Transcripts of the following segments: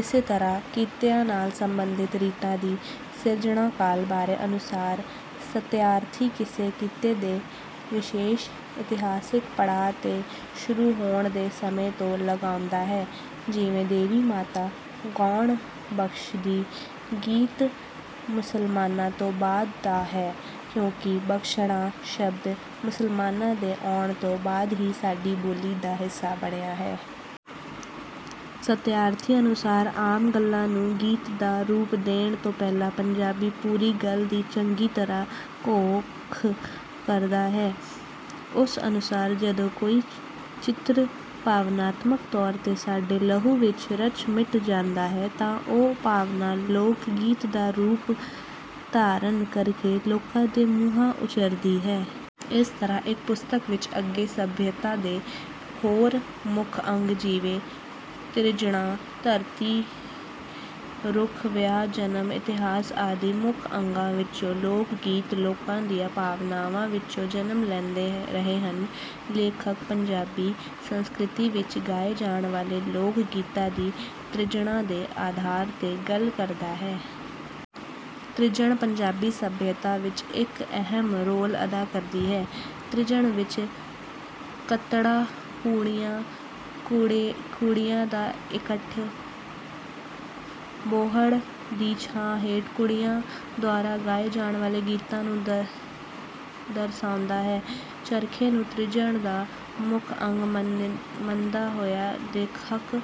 ਇਸੇ ਤਰ੍ਹਾਂ ਕਿੱਤਿਆਂ ਨਾਲ ਸੰਬੰਧਿਤ ਗੀਤਾਂ ਦੀ ਸਿਰਜਣਾ ਕਾਲ ਬਾਰੇ ਅਨੁਮਾਨ ਸਤਿਆਰਥੀ ਕਿਸੇ ਕਿੱਤੇ ਦੇ ਵਿਸ਼ੇਸ਼ ਇਤਿਹਾਸਿਕ ਪੜਾਅ ਤੇ ਸ਼ੁਰੂ ਹੋਣ ਦੇ ਸਮੇਂ ਤੋਂ ਲਗਾਉਂਦਾ ਹੈ। ਜਿਵੇਂ "ਦੇਵੀ ਮਾਤਾ ਗਾਉਣ ਬਖ਼ਸ਼ਦੀ" ਗੀਤ ਮੁਸਲਮਾਨਾਂ ਤੋਂ ਬਾਅਦ ਦਾ ਹੈ ਕਿਉਂਕਿ 'ਬਖ਼ਸ਼ਣਾ' ਸ਼ਬਦ ਮੁਸਲਮਾਨਾਂ ਦੇ ਆਉਣ ਤੋਂ ਬਾਅਦ ਹੀ ਸਾਡੀ ਬੋਲੀ ਦਾ ਹਿੱਸਾ ਬਣਿਆ ਹੈ। ਸਤਿਆਰਥੀ ਅਨੁਸਾਰ ਆਮ ਗੱਲਾਂ ਨੂੰ ਗੀਤ ਦਾ ਰੂਪ ਦੇਣ ਤੋਂ ਪਹਿਲਾਂ ਪੰਜਾਬੀ ਪੂਰੀ ਗੱਲ ਦੀ ਚੰਗੀ ਤਰ੍ਹਾਂ ਘੋਖ ਕਰਦਾ ਹੈ। ਉਸ ਅਨੁਸਾਰ ਜਦੋਂ ਕੋਈ ਚਿੱਤਰ ਭਾਵਨਾਤਮਕ ਤੌਰ ਤੇ ਸਾਡੇ ਲਹੂ ਵਿੱਚ ਰਚ ਮਿਚ ਜਾਂਦਾ ਹੈ, ਤਾਂ ਉਹ ਭਾਵਨਾ ਲੋਕ ਗੀਤ ਦਾ ਰੂਪ ਧਾਰਨ ਕਰਕੇ ਲੋਕਾਂ ਦੇ ਮੂੰਹਾਂ ਉਚਰਦੀ ਹੈ। ਇਸ ਤਰ੍ਹਾਂ ਇਸ ਪੁਸਤਕ ਵਿੱਚ ਅੱਗੇ ਸੱਭਿਅਤਾ ਦੇ ਹੋਰ ਮੁੱਖ ਅੰਗ ਜਿਵੇਂ ਤ੍ਰਿਜਣਾਂ, ਧਰਤੀ, ਰੁੱਖ, ਵਿਆਹ, ਜਨਮ, ਇਤਿਹਾਸ ਆਦਿ ਮੁੱਖ ਅੰਗਾਂ ਵਿੱਚੋਂ ਲੋਕ ਗੀਤ ਲੋਕਾਂ ਦੀਆਂ ਭਾਵਨਾਵਾਂ ਵਿੱਚੋਂ ਜਨਮ ਲੈਂਦੇ ਰਹੇ ਹਨ। ਲੇਖਕ ਪੰਜਾਬੀ ਸੰਸਕ੍ਰਿਤੀ ਵਿੱਚ ਗਾਏ ਜਾਣ ਵਾਲੇ ਲੋਕ ਗੀਤਾਂ ਦੀ ਤ੍ਰਿਜਣਾਂ ਦੇ ਆਧਾਰ ਤੇ ਗੱਲ ਕਰਦਾ ਹੈ। ਤ੍ਰਿਜਣ ਪੰਜਾਬੀ ਸੱਭਿਅਤਾ ਵਿੱਚ ਇੱਕ ਅਹਿਮ ਰੋਲ ਅਦਾ ਕਰਦੀ ਹੈ। ਤ੍ਰਿਜਣ ਵਿੱਚ ਕੱਤਣਾ, ਪੂਣੀਆਂ, ਕੁੜੀਆਂ ਦਾ ਇਕੱਠ, ਬੋਹੜ ਦੀ ਛਾਂ ਹੇਠ ਕੁੜੀਆਂ ਦੁਆਰਾ ਗਾਏ ਜਾਣ ਵਾਲੇ ਗੀਤਾਂ ਨੂੰ ਦਰਸਾਉਂਦਾ ਹੈ। ਚਰਖੇ ਨੂੰ ਤ੍ਰਿਜਣ ਦਾ ਮੁੱਖ ਅੰਗ ਮੰਨਦਾ ਹੋਇਆ ਲੇਖਕ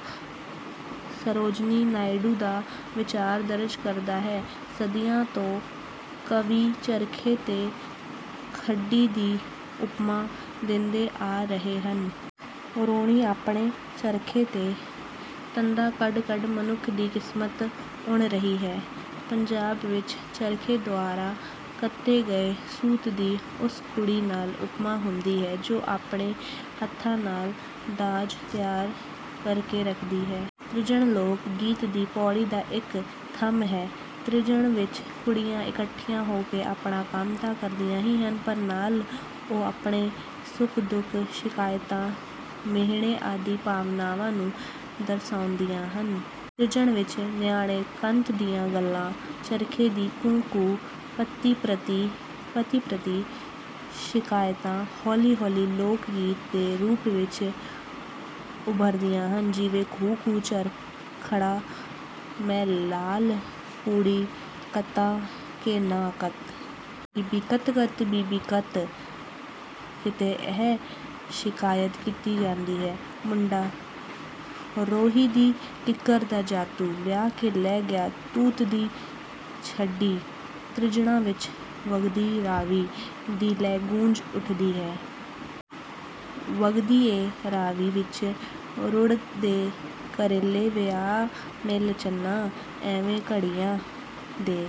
ਸਰੋਜਨੀ ਨਾਇਡੂ ਦਾ ਵਿਚਾਰ ਦਰਜ ਕਰਦਾ ਹੈ: "ਸਦੀਆਂ ਤੋਂ ਕਵੀ ਚਰਖੇ ਤੇ ਖੱਡੀ ਦੀ ਉਪਮਾ ਦਿੰਦੇ ਆ ਰਹੇ ਹਨ। ਹੋਣੀ ਆਪਣੇ ਚਰਖੇ ਤੇ ਤੰਦਾਂ ਕੱਢ ਕੱਢ ਮਨੁੱਖ ਦੀ ਕਿਸਮਤ ਉਣ ਰਹੀ ਹੈ।" ਪੰਜਾਬ ਵਿੱਚ ਚਰਖੇ ਦੁਆਰਾ ਕੱਤੇ ਗਏ ਸੂਤ ਦੀ ਉਸ ਕੁੜੀ ਨਾਲ ਉਪਮਾ ਹੁੰਦੀ ਹੈ ਜੋ ਆਪਣੇ ਹੱਥਾਂ ਨਾਲ ਦਾਜ ਤਿਆਰ ਕਰਕੇ ਰੱਖਦੀ ਹੈ। ਤ੍ਰਿਜਣ ਲੋਕ ਗੀਤ ਦੀ ਪੌੜੀ ਦਾ ਇੱਕ ਥੰਮ੍ਹ ਹੈ। ਤ੍ਰਿਜਣ ਵਿੱਚ ਕੁੜੀਆਂ ਇਕੱਠੀਆਂ ਹੋ ਕੇ ਆਪਣਾ ਕੰਮ ਤਾਂ ਕਰਦੀਆਂ ਹੀ ਹਨ, ਪਰ ਨਾਲ ਉਹ ਆਪਣੇ ਸੁੱਖ ਦੁੱਖ, ਸ਼ਿਕਾਇਤਾਂ, ਮੇਹਣੇ ਆਦਿ ਭਾਵਨਾਵਾਂ ਨੂੰ ਦਰਸਾਉਂਦੀਆਂ ਹਨ। ਤ੍ਰਿਜਣ ਵਿੱਚ ਨਿਆਣੇ ਕੰਤ ਦੀਆਂ ਗੱਲਾਂ, ਚਰਖੇ ਦੀ ਘੂੰ ਘੂੰ, ਪਤੀ ਪ੍ਰਤੀ ਸ਼ਿਕਾਇਤਾਂ ਹੌਲੀ ਹੌਲੀ ਲੋਕ ਗੀਤ ਦੇ ਰੂਪ ਵਿੱਚ ਉਭਰਦੀਆਂ ਹਨ। ਜਿਵੇਂ "ਘੂੰ ਘੂੰ ਚਰਖੜਾ ਮੈਂ ਲਾਲ ਪੂਣੀ ਕੱਤਾਂ ਕਿ ਨਾਂ, ਕੱਤ ਬੀਬੀ ਕੱਤ ਕੱਤ ਬੀਬੀ ਕੱਤ" ਕਿਤੇ ਇਹ ਸ਼ਿਕਾਇਤ ਕੀਤੀ ਜਾਂਦੀ ਹੈ: "ਮੁੰਡਾ ਰੋਹੀ ਦੀ ਕਿੱਕਰ ਦਾ ਜਾਤੂ, ਵਿਆਹ ਕੇ ਲੈ ਗਿਆ ਤੂਤ ਦੀ ਛਟੀ" ਤ੍ਰਿਜਣਾਂ ਵਿੱਚ 'ਵਗਦੀ ਰਾਵੀ' ਦੀ ਲੈ ਗੂੰਜ ਉੱਠਦੀ ਹੈ: "ਵਗਦੀ ਏ ਰਾਵੀ ਵਿੱਚ ਰੁੜ੍ਹਦੇ ਕਰੇਲੇ ਵੇ ਆ ਮਿਲ ਚੰਨਾ" ਐਵੇਂ ਘੜੀਆਂ ਦੇ